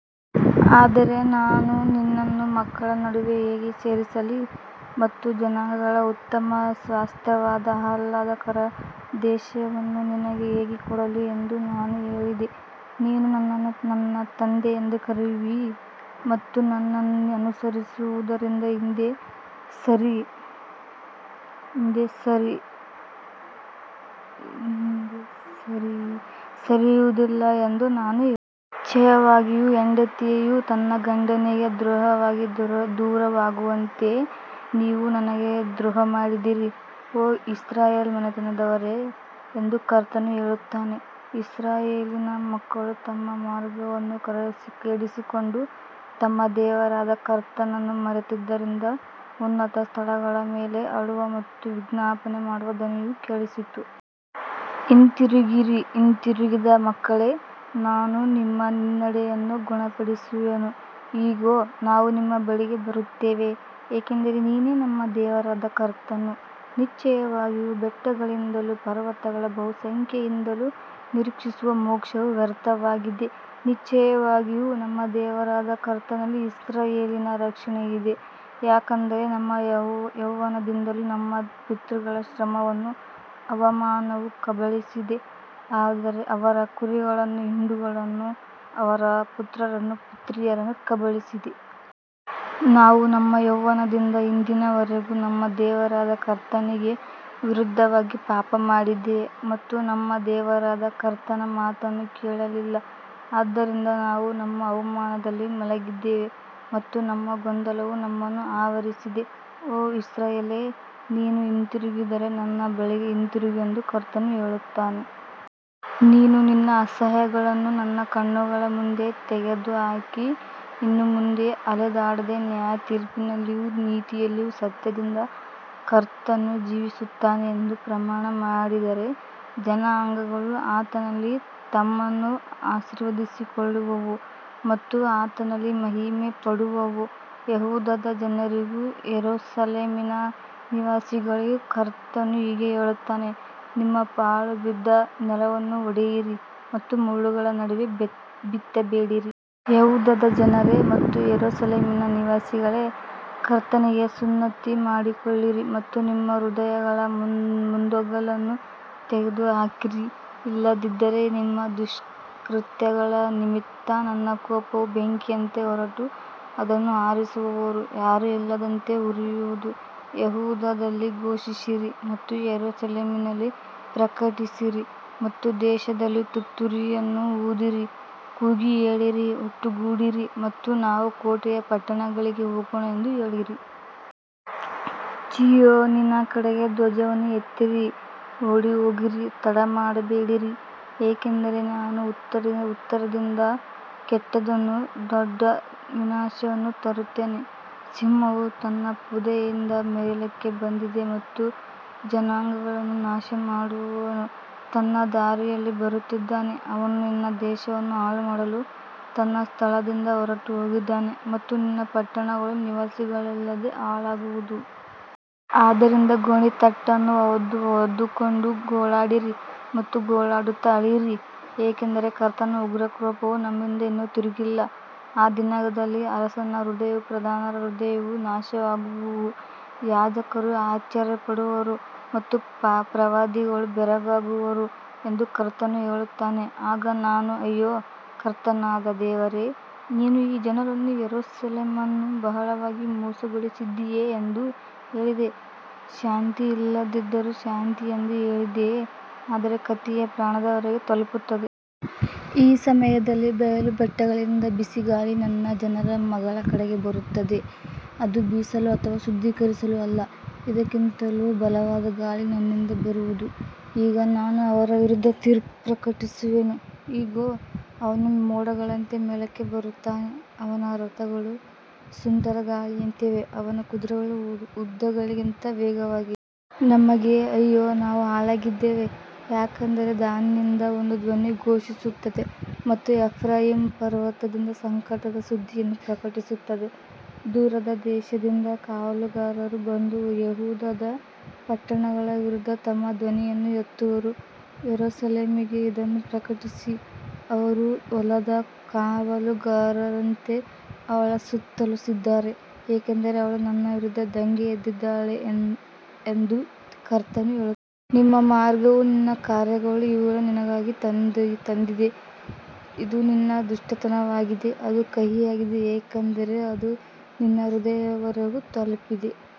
ಆದರೆ ನಾನು ನಿನ್ನನ್ನು ಮಕ್ಕಳ ನಡುವೆ ಹೇಗೆ ಸೇರಿಸಲಿ ಮತ್ತು ಜನಾಂಗಗಳ ಉತ್ತಮ ಸ್ವಾಸ್ತ್ಯವಾದ ಆಹ್ಲಾದಕರ ದೇಶವನ್ನು ನಿನಗೆ ಹೇಗೆ ಕೊಡಲಿ ಎಂದು ನಾನು ಹೇಳಿದೆ. ನೀನು ನನ್ನನ್ನು ನನ್ನ ತಂದೆ ಎಂದು ಕರೆಯುವಿ ಮತ್ತು ನನ್ನನ್ನು ಅನುಸರಿಸುವುದರಿಂದ ಹಿಂದೆ ಸರಿಯುವುದಿಲ್ಲ ಎಂದು ನಾನು ಹೇಳಿದೆ. ನಿಶ್ಚಯವಾಗಿಯೂ ಹೆಂಡತಿಯು ತನ್ನ ಗಂಡನಿಗೆ ದ್ರೋಹವಾಗಿ ದೂರವಾಗುವಂತೆ ನೀವು ನನಗೆ ದ್ರೋಹಮಾಡಿದ್ದೀರಿ, ಓ ಇಸ್ರಾಯೇಲ್ ಮನೆತನದವರೇ ಎಂದು ಕರ್ತನು ಹೇಳುತ್ತಾನೆ. ಇಸ್ರಾಯೇಲಿನ ಮಕ್ಕಳು ತಮ್ಮ ಮಾರ್ಗವನ್ನು ಕೆಡಿಸಿಕೊಂಡು ತಮ್ಮ ದೇವರಾದ ಕರ್ತನನ್ನು ಮರೆತಿದ್ದರಿಂದ ಉನ್ನತ ಸ್ಥಳಗಳ ಮೇಲೆ ಅಳುವ ಮತ್ತು ವಿಜ್ಞಾಪನೆ ಮಾಡುವ ಧ್ವನಿಯು ಕೇಳಿಸಿತು. ಹಿಂತಿರುಗಿರಿ, ಹಿಂತಿರುಗಿದ ಮಕ್ಕಳೇ, ನಾನು ನಿಮ್ಮ ಹಿನ್ನಡೆಯನ್ನು ಗುಣಪಡಿಸುವೆನು. ಇಗೋ, ನಾವು ನಿಮ್ಮ ಬಳಿಗೆ ಬರುತ್ತೇವೆ, ಏಕೆಂದರೆ ನೀನೇ ನಮ್ಮ ದೇವರಾದ ಕರ್ತನು. ನಿಶ್ಚಯವಾಗಿಯೂ ಬೆಟ್ಟಗಳಿಂದಲೂ ಪರ್ವತಗಳ ಬಹುಸಂಖ್ಯೆಯಿಂದಲೂ ನಿರೀಕ್ಷಿಸುವ ಮೋಕ್ಷವು ವ್ಯರ್ಥವಾಗಿದೆ, ನಿಶ್ಚಯವಾಗಿಯೂ ನಮ್ಮ ದೇವರಾದ ಕರ್ತನಲ್ಲಿ ಇಸ್ರಾಯೇಲಿನ ರಕ್ಷಣೆಯಿದೆ. ಯಾಕಂದರೆ ನಮ್ಮ ಯೌವನದಿಂದಲೂ ನಮ್ಮ ಪಿತೃಗಳ ಶ್ರಮವನ್ನು ಅವಮಾನವು ಕಬಳಿಸಿದೆ, ಅವರ ಕುರಿಗಳನ್ನೂ ಹಿಂಡುಗಳನ್ನೂ, ಅವರ ಪುತ್ರರನ್ನೂ ಪುತ್ರಿಯರನ್ನೂ ಕಬಳಿಸಿದೆ. ನಾವು ನಮ್ಮ ಯೌವನದಿಂದ ಇಂದಿನವರೆಗೂ ನಮ್ಮ ದೇವರಾದ ಕರ್ತನಿಗೆ ವಿರುದ್ಧವಾಗಿ ಪಾಪಮಾಡಿದ್ದೇವೆ ಮತ್ತು ನಮ್ಮ ದೇವರಾದ ಕರ್ತನ ಮಾತನ್ನು ಕೇಳಲಿಲ್ಲ. ಆದ್ದರಿಂದ ನಾವು ನಮ್ಮ ಅವಮಾನದಲ್ಲಿ ಮಲಗಿದ್ದೇವೆ ಮತ್ತು ನಮ್ಮ ಗೊಂದಲವು ನಮ್ಮನ್ನು ಆವರಿಸಿದೆ. ಓ ಇಸ್ರಾಯೇಲೇ, ನೀನು ಹಿಂತಿರುಗಿದರೆ ನನ್ನ ಬಳಿಗೆ ಹಿಂತಿರುಗು ಎಂದು ಕರ್ತನು ಹೇಳುತ್ತಾನೆ. ನೀನು ನಿನ್ನ ಅಸಹ್ಯಗಳನ್ನು ನನ್ನ ಕಣ್ಣುಗಳ ಮುಂದೆ ತೆಗೆದುಹಾಕಿ ಇನ್ನು ಮುಂದೆ ಅಲೆದಾಡದೆ ನ್ಯಾಯತೀರ್ಪಿನಲ್ಲಿಯೂ ನೀತಿಯಲ್ಲಿಯೂ ಸತ್ಯದಿಂದ ಕರ್ತನು ಜೀವಿಸುತ್ತಾನೆ ಎಂದು ಪ್ರಮಾಣಮಾಡಿದರೆ, ಜನಾಂಗಗಳು ಆತನಲ್ಲಿ ತಮ್ಮನ್ನು ಆಶೀರ್ವದಿಸಿಕೊಳ್ಳುವವು ಮತ್ತು ಆತನಲ್ಲಿ ಮಹಿಮೆಪಡುವವು. ಯೆಹೂದದ ಜನರಿಗೂ ಯೆರೂಸಲೇಮಿನ ನಿವಾಸಿಗಳಿಗೂ ಕರ್ತನು ಹೀಗೆ ಹೇಳುತ್ತಾನೆ, ನಿಮ್ಮ ಪಾಳುಬಿದ್ದ ನೆಲವನ್ನು ಒಡೆಯಿರಿ ಮತ್ತು ಮುಳ್ಳುಗಳ ನಡುವೆ ಬಿತ್ತಬೇಡಿರಿ. ಯೆಹೂದದ ಜನರೇ ಮತ್ತು ಯೆರೂಸಲೇಮಿನ ನಿವಾಸಿಗಳೇ, ಕರ್ತನಿಗೆ ಸುನ್ನತಿ ಮಾಡಿಸಿಕೊಳ್ಳಿರಿ ಮತ್ತು ನಿಮ್ಮ ಹೃದಯಗಳ ಮುಂದೊಗಲನ್ನು ತೆಗೆದುಹಾಕಿರಿ, ಇಲ್ಲದಿದ್ದರೆ ನಿಮ್ಮ ದುಷ್ಕೃತ್ಯಗಳ ನಿಮಿತ್ತ ನನ್ನ ಕೋಪವು ಬೆಂಕಿಯಂತೆ ಹೊರಟು ಅದನ್ನು ಆರಿಸುವವರು ಯಾರೂ ಇಲ್ಲದಂತೆ ಉರಿಯುವುದು. ಯೆಹೂದದಲ್ಲಿ ಘೋಷಿಸಿರಿ ಮತ್ತು ಯೆರೂಸಲೇಮಿನಲ್ಲಿ ಪ್ರಕಟಿಸಿರಿ ಮತ್ತು ದೇಶದಲ್ಲಿ ತುತ್ತೂರಿಯನ್ನು ಊದಿರಿ, ಕೂಗಿ ಹೇಳಿರಿ, ಒಟ್ಟುಗೂಡಿರಿ ಮತ್ತು ನಾವು ಕೋಟೆಯ ಪಟ್ಟಣಗಳಿಗೆ ಹೋಗೋಣ ಎಂದು ಹೇಳಿರಿ. ಚೀಯೋನಿನ ಕಡೆಗೆ ಧ್ವಜವನ್ನು ಎತ್ತಿರಿ, ಓಡಿಹೋಗಿರಿ, ತಡಮಾಡಬೇಡಿರಿ, ಏಕೆಂದರೆ ನಾನು ಉತ್ತರದಿಂದ ಕೆಟ್ಟದ್ದನ್ನೂ ದೊಡ್ಡ ವಿನಾಶವನ್ನೂ ತರುತ್ತೇನೆ. ಸಿಂಹವು ತನ್ನ ಪೊದೆಯಿಂದ ಮೇಲಕ್ಕೆ ಬಂದಿದೆ ಮತ್ತು ಜನಾಂಗಗಳನ್ನು ನಾಶಮಾಡುವವನು ತನ್ನ ದಾರಿಯಲ್ಲಿ ಬರುತ್ತಿದ್ದಾನೆ. ಅವನು ನಿನ್ನ ದೇಶವನ್ನು ಹಾಳುಮಾಡಲು ತನ್ನ ಸ್ಥಳದಿಂದ ಹೊರಟುಹೋಗಿದ್ದಾನೆ ಮತ್ತು ನಿನ್ನ ಪಟ್ಟಣಗಳು ನಿವಾಸಿಗಳಿಲ್ಲದೆ ಹಾಳಾಗುವವು. ಆದ್ದರಿಂದ ಗೋಣಿತಟ್ಟನ್ನು ಹೊದ್ದುಕೊಂಡು ಗೋಳಾಡಿರಿ ಮತ್ತು ಗೋಳಾಡುತ್ತಾ ಅಳಿರಿ, ಏಕೆಂದರೆ ಕರ್ತನ ಉಗ್ರ ಕೋಪವು ನಮ್ಮಿಂದ ಇನ್ನೂ ತಿರುಗಿಲ್ಲ. ಆ ದಿನದಲ್ಲಿ ಅರಸನ ಹೃದಯವೂ ಪ್ರಧಾನರ ಹೃದಯವೂ ನಾಶವಾಗುವವು, ಯಾಜಕರು ಆಶ್ಚರ್ಯಪಡುವರು ಮತ್ತು ಪ್ರವಾದಿಗಳು ಬೆರಗಾಗುವರು ಎಂದು ಕರ್ತನು ಹೇಳುತ್ತಾನೆ. ಆಗ ನಾನು, ಅಯ್ಯೋ, ಕರ್ತನಾದ ದೇವರೇ, ನೀನು ಈ ಜನರನ್ನೂ ಯೆರೂಸಲೇಮನ್ನೂ ಬಹಳವಾಗಿ ಮೋಸಗೊಳಿಸಿದ್ದೀಯೆ ಎಂದು ಹೇಳಿದೆ, ಶಾಂತಿ ಇಲ್ಲದಿದ್ದರೂ ಶಾಂತಿ ಎಂದು ಹೇಳಿದ್ದೀಯೆ, ಆದರೆ ಕತ್ತಿಯು ಪ್ರಾಣದವರೆಗೆ ತಲುಪುತ್ತದೆ. ಆ ಸಮಯದಲ್ಲಿ ಬಯಲು ಬೆಟ್ಟಗಳಿಂದ ಬಿಸಿ ಗಾಳಿ ನನ್ನ ಜನರ ಮಗಳ ಕಡೆಗೆ ಬರುತ್ತದೆ, ಅದು ಬೀಸಲು ಅಥವಾ ಶುದ್ಧೀಕರಿಸಲು ಅಲ್ಲ. ಇದಕ್ಕಿಂತಲೂ ಬಲವಾದ ಗಾಳಿ ನನ್ನಿಂದ ಬರುವದು, ಈಗ ನಾನು ಅವರ ವಿರುದ್ಧ ತೀರ್ಪು ಪ್ರಕಟಿಸುವೆನು. ಇಗೋ, ಅವನು ಮೋಡಗಳಂತೆ ಮೇಲಕ್ಕೆ ಬರುತ್ತಾನೆ, ಅವನ ರಥಗಳು ಸುಂಟರಗಾಳಿಯಂತೆ ಇವೆ, ಅವನ ಕುದುರೆಗಳು ಹದ್ದುಗಳಿಗಿಂತ ವೇಗವಾಗಿವೆ. ನಮಗೆ ಅಯ್ಯೋ, ನಾವು ಹಾಳಾಗಿದ್ದೇವೆ. ಯಾಕಂದರೆ ದಾನಿನಿಂದ ಒಂದು ಧ್ವನಿ ಘೋಷಿಸುತ್ತದೆ ಮತ್ತು ಎಫ್ರಾಯೀಮ್ ಪರ್ವತದಿಂದ ಸಂಕಟದ ಸುದ್ದಿಯನ್ನು ಪ್ರಕಟಿಸುತ್ತದೆ. ದೂರದ ದೇಶದಿಂದ ಕಾವಲುಗಾರರು ಬಂದು ಯೆಹೂದದ ಪಟ್ಟಣಗಳ ವಿರುದ್ಧ ತಮ್ಮ ಧ್ವನಿಯನ್ನು ಎತ್ತುವರು. ಯೆರೂಸಲೇಮಿಗೆ ಇದನ್ನು ಪ್ರಕಟಿಸಿರಿ. ಅವರು ಹೊಲದ ಕಾವಲುಗಾರರಂತೆ ಅವಳ ಸುತ್ತಲೂ ಇದ್ದಾರೆ, ಏಕೆಂದರೆ ಅವಳು ನನ್ನ ವಿರುದ್ಧ ದಂಗೆ ಎದ್ದಿದ್ದಾಳೆ ಎಂದು ಕರ್ತನು ಹೇಳುತ್ತಾನೆ. ನಿನ್ನ ಮಾರ್ಗವೂ ನಿನ್ನ ಕಾರ್ಯಗಳೂ ಇವುಗಳನ್ನು ನಿನಗಾಗಿ ತಂದಿವೆ. ಇದು ನಿನ್ನ ದುಷ್ಟತನವಾಗಿದೆ, ಅದು ಕಹಿಯಾಗಿದೆ, ಏಕೆಂದರೆ ಅದು ನಿನ್ನ ಹೃದಯದವರೆಗೂ ತಲುಪಿದೆ.